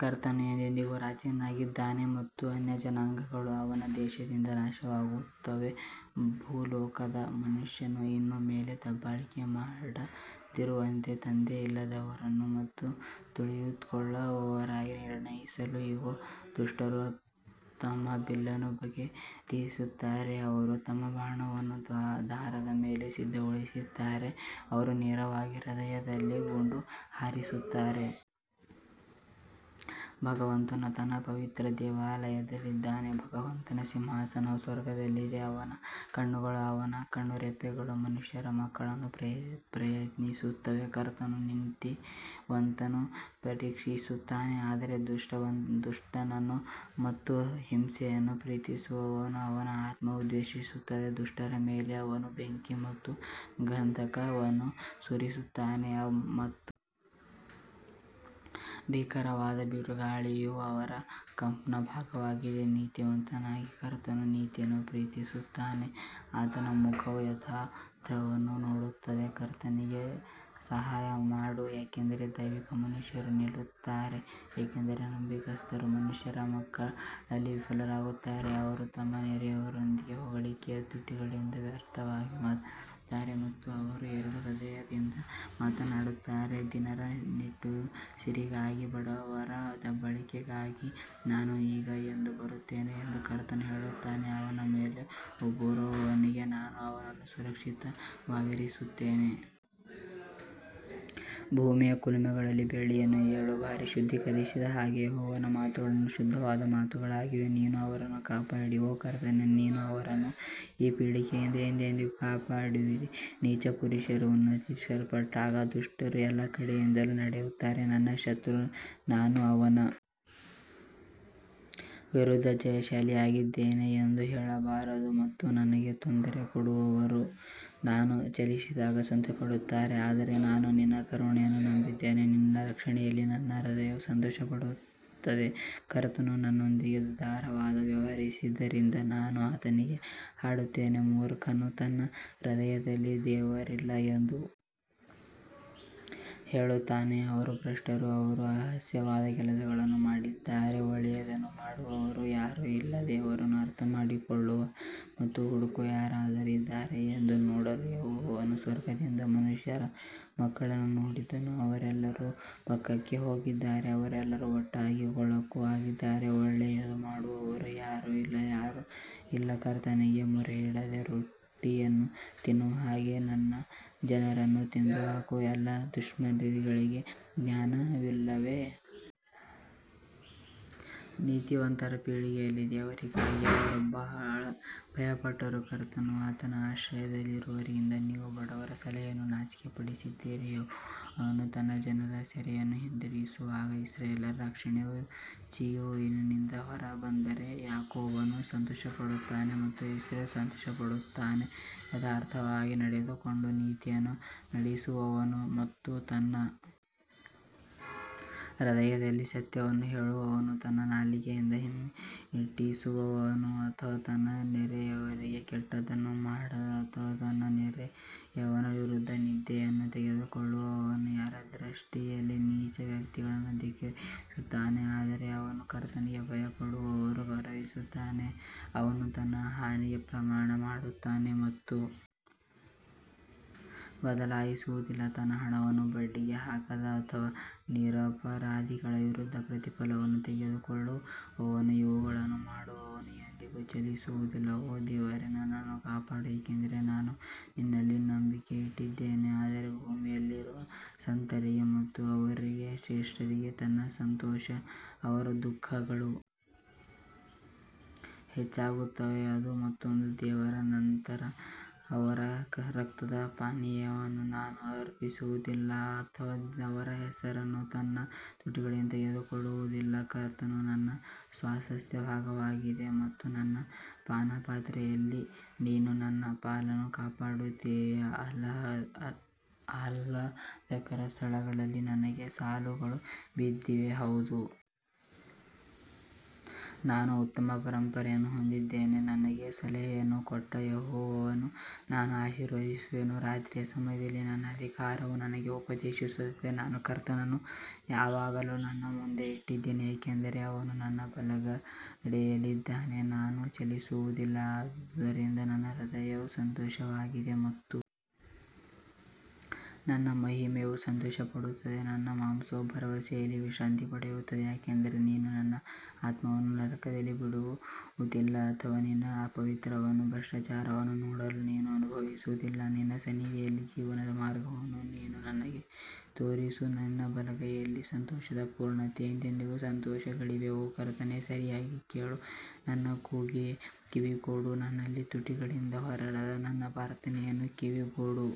ಕರ್ತನು ಎಂದೆಂದಿಗೂ ರಾಜನಾಗಿದ್ದಾನೆ ಮತ್ತು ಅನ್ಯಜನಾಂಗಗಳು ಅವನ ದೇಶದಿಂದ ನಾಶವಾಗುತ್ತವೆ ಭೂಲೋಕದ ಮನುಷ್ಯನು ಇನ್ನು ಮೇಲೆ ದಬ್ಬಾಳಿಕೆ ಮಾಡದಿರುವಂತೆ ತಂದೆಯಿಲ್ಲದವರನ್ನು ಮತ್ತು ತುಳಿತಕ್ಕೊಳಗಾದವರನ್ನು ನಿರ್ಣಯಿಸಲು ಇಗೋ, ದುಷ್ಟರು ತಮ್ಮ ಬಿಲ್ಲನ್ನು ಬಗ್ಗಿಸುತ್ತಾರೆ, ಅವರು ತಮ್ಮ ಬಾಣವನ್ನು ದಾರದ ಮೇಲೆ ಸಿದ್ಧಗೊಳಿಸುತ್ತಾರೆ, ಅವರು ನೇರವಾಗಿ ಹೃದಯದಲ್ಲಿ ಗುಂಡು ಹಾರಿಸುತ್ತಾರೆ. ಭಗವಂತನು ತನ್ನ ಪವಿತ್ರ ದೇವಾಲಯದಲ್ಲಿದ್ದಾನೆ, ಭಗವಂತನ ಸಿಂಹಾಸನವು ಸ್ವರ್ಗದಲ್ಲಿದೆ, ಅವನ ಕಣ್ಣುಗಳು ಅವನ ಕಣ್ಣುರೆಪ್ಪೆಗಳು ಮನುಷ್ಯರ ಮಕ್ಕಳನ್ನು ಪ್ರಯತ್ನಿಸುತ್ತಿವೆ ಕರ್ತನು ನೀತಿವಂತನನ್ನು ಪರೀಕ್ಷಿಸುತ್ತಾನೆ ಆದರೆ ದುಷ್ಟನನ್ನು ಮತ್ತು ಹಿಂಸೆಯನ್ನು ಪ್ರೀತಿಸುವವನನ್ನು ಅವನ ಆತ್ಮವು ದ್ವೇಷಿಸುತ್ತದೆ ದುಷ್ಟರ ಮೇಲೆ ಅವನು ಬೆಂಕಿ ಮತ್ತು ಗಂಧಕವನ್ನು ಸುರಿಸುತ್ತಾನೆ ಮತ್ತು ಭೀಕರವಾದ ಬಿರುಗಾಳಿಯು ಅವರ ಕಪ್ನ ಭಾಗವಾಗಿದೆ ನೀತಿವಂತನಾದ ಕರ್ತನು ನೀತಿಯನ್ನು ಪ್ರೀತಿಸುತ್ತಾನೆ ಆತನ ಮುಖವು ಯಥಾರ್ಥವನ್ನು ನೋಡುತ್ತದೆ ಕರ್ತನಿಗೆ ಸಹಾಯ ಮಾಡು ಯಾಕಂದರೆ ದೈವಿಕ ಮನುಷ್ಯನು ನಿಲ್ಲುತ್ತಾನೆ ಏಕೆಂದರೆ ನಂಬಿಗಸ್ತರು ಮನುಷ್ಯರ ಮಕ್ಕಳಲ್ಲಿ ವಿಫಲರಾಗುತ್ತಾರೆ ಅವರು ತಮ್ಮ ನೆರೆಯವರೊಂದಿಗೆ ಹೊಗಳಿಕೆಯ ತುಟಿಗಳಿಂದ ವ್ಯರ್ಥವಾಗಿ ಮಾತನಾಡುತ್ತಾರೆ ಮತ್ತು ಅವರು ಎರಡು ಹೃದಯದಿಂದ ಮಾತನಾಡುತ್ತಾರೆ ದೀನರ ನಿಟ್ಟುಸಿರಿಗಾಗಿ ಬಡವರ ದಬ್ಬಾಳಿಕೆಗಾಗಿ ನಾನು ಈಗ ಎದ್ದು ಬರುತ್ತೇನೆ ಎಂದು ಕರ್ತನು ಹೇಳುತ್ತಾನೆ, ಅವನ ಮೇಲೆ ಉಬ್ಬುವವನಿಂದ ನಾನು ಅವನನ್ನು ಸುರಕ್ಷಿತವಾಗಿರಿಸುತ್ತೇನೆ. ಭೂಮಿಯ ಕುಲುಮೆಯಲ್ಲಿ ಬೆಳ್ಳಿಯನ್ನು ಏಳು ಬಾರಿ ಶುದ್ಧೀಕರಿಸಿದ ಹಾಗೆ ಯೆಹೋವನ ಮಾತುಗಳು ಶುದ್ಧವಾದ ಮಾತುಗಳಾಗಿವೆ ನೀನು ಅವರನ್ನು ಕಾಪಾಡಿ ಓ ಕರ್ತನೇ, ನೀನು ಅವರನ್ನು ಈ ಪೀಳಿಗೆಯಿಂದ ಎಂದೆಂದಿಗೂ ಕಾಪಾಡುವಿ ನೀಚ ಪುರುಷರು ಉನ್ನತೀಕರಿಸಲ್ಪಟ್ಟಾಗ ದುಷ್ಟರು ಎಲ್ಲಾ ಕಡೆಯಿಂದಲೂ ನಡೆಯುತ್ತಾರೆ ನನ್ನ ಶತ್ರು ನಾನು ಅವನ ವಿರುದ್ಧ ಜಯಶಾಲಿಯಾಗಿದ್ದೇನೆ ಎಂದು ಹೇಳಬಾರದು ಮತ್ತು ನನಗೆ ತೊಂದರೆ ಕೊಡುವವರು ನಾನು ಚಲಿಸಿದಾಗ ಸಂತೋಷಪಡುತ್ತಾರೆ ಆದರೆ ನಾನು ನಿನ್ನ ಕರುಣೆಯನ್ನು ನಂಬಿದ್ದೇನೆ, ನಿನ್ನ ರಕ್ಷಣೆಯಲ್ಲಿ ನನ್ನ ಹೃದಯವು ಸಂತೋಷಪಡುತ್ತದೆ ಕರ್ತನು ನನ್ನೊಂದಿಗೆ ಉದಾರವಾಗಿ ವ್ಯವಹರಿಸಿದ್ದರಿಂದ ನಾನು ಆತನಿಗೆ ಹಾಡುತ್ತೇನೆ ಮೂರ್ಖನು ತನ್ನ ಹೃದಯದಲ್ಲಿ ದೇವರಿಲ್ಲ ಎಂದು ಹೇಳುತ್ತಾನೆ ಅವರು ಭ್ರಷ್ಟರು ಅವರು ಅಸಹ್ಯವಾದ ಕೆಲಸಗಳನ್ನು ಮಾಡಿದ್ದಾರೆ ಒಳ್ಳೆಯದನ್ನು ಮಾಡುವವರು ಯಾರೂ ಇಲ್ಲ ದೇವರನ್ನು ಅರ್ಥಮಾಡಿಕೊಳ್ಳುವ ಮತ್ತು ಹುಡುಕುವ ಯಾರಾದರೂ ಇದ್ದಾರೆಯೇ ಎಂದು ನೋಡಲು ಯೆಹೋವನು ಸ್ವರ್ಗದಿಂದ ಮನುಷ್ಯರ ಮಕ್ಕಳನ್ನು ನೋಡಿದನು ಅವರೆಲ್ಲರೂ ಪಕ್ಕಕ್ಕೆ ಹೋಗಿದ್ದಾರೆ ಅವರೆಲ್ಲರೂ ಒಟ್ಟಾಗಿ ಕೊಳಕು ಆಗಿದ್ದಾರೆ ಒಳ್ಳೆಯದು ಮಾಡುವವರು ಯಾರೂ ಇಲ್ಲ ಯಾರೂ ಇಲ್ಲ ಕರ್ತನಿಗೆ ಮೊರೆಯಿಡದೆ ರೊಟ್ಟಿಯನ್ನು ತಿನ್ನುವ ಹಾಗೆ ನನ್ನ ಜನರನ್ನು ತಿಂದುಹಾಕುವ ಎಲ್ಲಾ ದುಷ್ಕರ್ಮಿಗಳಿಗೆ ಜ್ಞಾನವಿಲ್ಲವೇ? ನೀತಿವಂತರ ಪೀಳಿಗೆಯಲ್ಲಿ ದೇವರಿಗಾಗಿ ಅವರು ಬಹಳ ಭಯಪಟ್ಟರು ಕರ್ತನು ಆತನ ಆಶ್ರಯವಾಗಿರುವುದರಿಂದ ನೀವು ಬಡವರ ಸಲಹೆಯನ್ನು ನಾಚಿಕೆಪಡಿಸಿದ್ದೀರಿ ಯೆಹೋವನು ತನ್ನ ಜನರ ಸೆರೆಯನ್ನು ಹಿಂದಿರುಗಿಸುವಾಗ ಇಸ್ರಾಯೇಲ್ಯರ ರಕ್ಷಣೆಯು ಚೀಯೋನಿನಿಂದ ಹೊರಬಂದರೆ, ಯಾಕೋಬನು ಸಂತೋಷಪಡುತ್ತಾನೆ ಮತ್ತು ಇಸ್ರೇಲ್ ಸಂತೋಷಪಡುತ್ತಾನೆ. ಯಥಾರ್ಥವಾಗಿ ನಡೆದುಕೊಂಡು ನೀತಿಯನ್ನು ನಡಿಸುವವನು ಮತ್ತು ತನ್ನ ಹೃದಯದಲ್ಲಿ ಸತ್ಯವನ್ನು ಹೇಳುವವನು ತನ್ನ ನಾಲಿಗೆಯಿಂದ ಹಿಮ್ಮೆಟ್ಟಿಸುವವನು ಅಥವಾ ತನ್ನ ನೆರೆಯವರಿಗೆ ಕೆಟ್ಟದ್ದನ್ನು ಮಾಡದ ಅಥವಾ ತನ್ನ ನೆರೆಯವನ ವಿರುದ್ಧ ನಿಂದೆಯನ್ನು ತೆಗೆದುಕೊಳ್ಳದವನು ಯಾರ ದೃಷ್ಟಿಯಲ್ಲಿ ನೀಚ ವ್ಯಕ್ತಿಯನ್ನು ಧಿಕ್ಕರಿಸುತ್ತಾನೆ ಆದರೆ ಅವನು ಕರ್ತನಿಗೆ ಭಯಪಡುವವರನ್ನು ಗೌರವಿಸುತ್ತಾನೆ, ಅವನು ತನ್ನ ಹಾನಿಗೆ ಪ್ರಮಾಣ ಮಾಡುತ್ತಾನೆ ಮತ್ತು ಬದಲಾಯಿಸುವುದಿಲ್ಲ ತನ್ನ ಹಣವನ್ನು ಬಡ್ಡಿಗೆ ಹಾಕದ ಅಥವಾ ನಿರಪರಾಧಿಗಳ ವಿರುದ್ಧ ಪ್ರತಿಫಲವನ್ನು ತೆಗೆದುಕೊಳ್ಳದವನು ಇವುಗಳನ್ನು ಮಾಡುವವನು ಎಂದಿಗೂ ಚಲಿಸುವುದಿಲ್ಲ ಓ ದೇವರೇ ನನ್ನನ್ನು ಕಾಪಾಡು ಏಕೆಂದರೆ ನಾನು ನಿನ್ನಲ್ಲಿ ನಂಬಿಕೆ ಇಟ್ಟಿದ್ದೇನೆ ಆದರೆ ಭೂಮಿಯಲ್ಲಿರುವ ಸಂತರಿಗೆ ಮತ್ತು ಅವರಲ್ಲಿ ಶ್ರೇಷ್ಠರಿಗೆ ನನ್ನ ಸಂತೋಷ ಅವರ ದುಃಖಗಳು ಹೆಚ್ಚಾಗುತ್ತವೆ, ಅದು ಮತ್ತೊಂದು ದೇವರ ನಂತರ ಅವರ ರಕ್ತದ ಪಾನೀಯವನ್ನು ನಾನು ಅರ್ಪಿಸುವುದಿಲ್ಲ ಅಥವಾ ಅವರ ಹೆಸರನ್ನು ನನ್ನ ತುಟಿಗಳಲ್ಲಿ ತೆಗೆದುಕೊಳ್ಳುವುದಿಲ್ಲ ಕರ್ತನು ನನ್ನ ಸ್ವಾಸ್ತ್ಯದ ಭಾಗವಾಗಿದ್ದಾನೆ ಮತ್ತು ನನ್ನ ಪಾನಪಾತ್ರೆಯಲ್ಲಿ ನೀನು ನನ್ನ ಪಾಲನ್ನು ಕಾಪಾಡುತ್ತೀ ಆಹ್ಲಾದಕರ ಸ್ಥಳಗಳಲ್ಲಿ ನನಗೆ ಸಾಲುಗಳು ಬಿದ್ದಿವೆ, ಹೌದು ನಾನು ಉತ್ತಮ ಪರಂಪರೆಯನ್ನು ಹೊಂದಿದ್ದೇನೆ ನನಗೆ ಸಲಹೆಯನ್ನು ಕೊಟ್ಟ ಯೆಹೋವನನ್ನು ನಾನು ಆಶೀರ್ವದಿಸುವೆನು, ರಾತ್ರಿಯ ಸಮಯದಲ್ಲಿ ನನ್ನ ಅಧಿಕಾರವು ನನಗೆ ಉಪದೇಶಿಸುತ್ತದೆ ನಾನು ಕರ್ತನನ್ನು ಯಾವಾಗಲೂ ನನ್ನ ಮುಂದೆ ಇಟ್ಟಿದ್ದೇನೆ ಏಕೆಂದರೆ ಅವನು ನನ್ನ ಬಲಗಡೆಯಲ್ಲಿದ್ದಾನೆ, ನಾನು ಚಲಿಸುವುದಿಲ್ಲ ಆದುದರಿಂದ ನನ್ನ ಹೃದಯವು ಸಂತೋಷವಾಗಿದೆ ಮತ್ತು ನನ್ನ ಮಹಿಮೆಯು ಸಂತೋಷಪಡುತ್ತದೆ ನನ್ನ ಮಾಂಸವು ಭರವಸೆಯಲ್ಲಿ ವಿಶ್ರಾಂತಿ ಪಡೆಯುತ್ತದೆ ಯಾಕಂದರೆ ನೀನು ನನ್ನ ಆತ್ಮವನ್ನು ನರಕದಲ್ಲಿ ಬಿಡುವುದಿಲ್ಲ ಅಥವಾ ನಿನ್ನ ಪವಿತ್ರನನ್ನು ಭ್ರಷ್ಟಾಚಾರವನ್ನು ನೋಡಲು ನೀನು ಅನುಭವಿಸುವುದಿಲ್ಲ ನಿನ್ನ ಸನ್ನಿಧಿಯಲ್ಲಿ ಜೀವನದ ಮಾರ್ಗವನ್ನು ನೀನು ನನಗೆ ತೋರಿಸು ನಿನ್ನ ಬಲಗೈಯಲ್ಲಿ ಸಂತೋಷದ ಪೂರ್ಣತೆ ಎಂದೆಂದಿಗೂ ಸಂತೋಷಗಳಿವೆ ಓ ಕರ್ತನೇ ಸರಿಯಾಗಿ ಕೇಳು ನನ್ನ ಕೂಗಿಗೆ ಕಿವಿಗೊಡು, ನಕಲಿ ತುಟಿಗಳಿಂದ ಹೊರಡದ ನನ್ನ ಪ್ರಾರ್ಥನೆಗೆ ಕಿವಿಗೊಡು.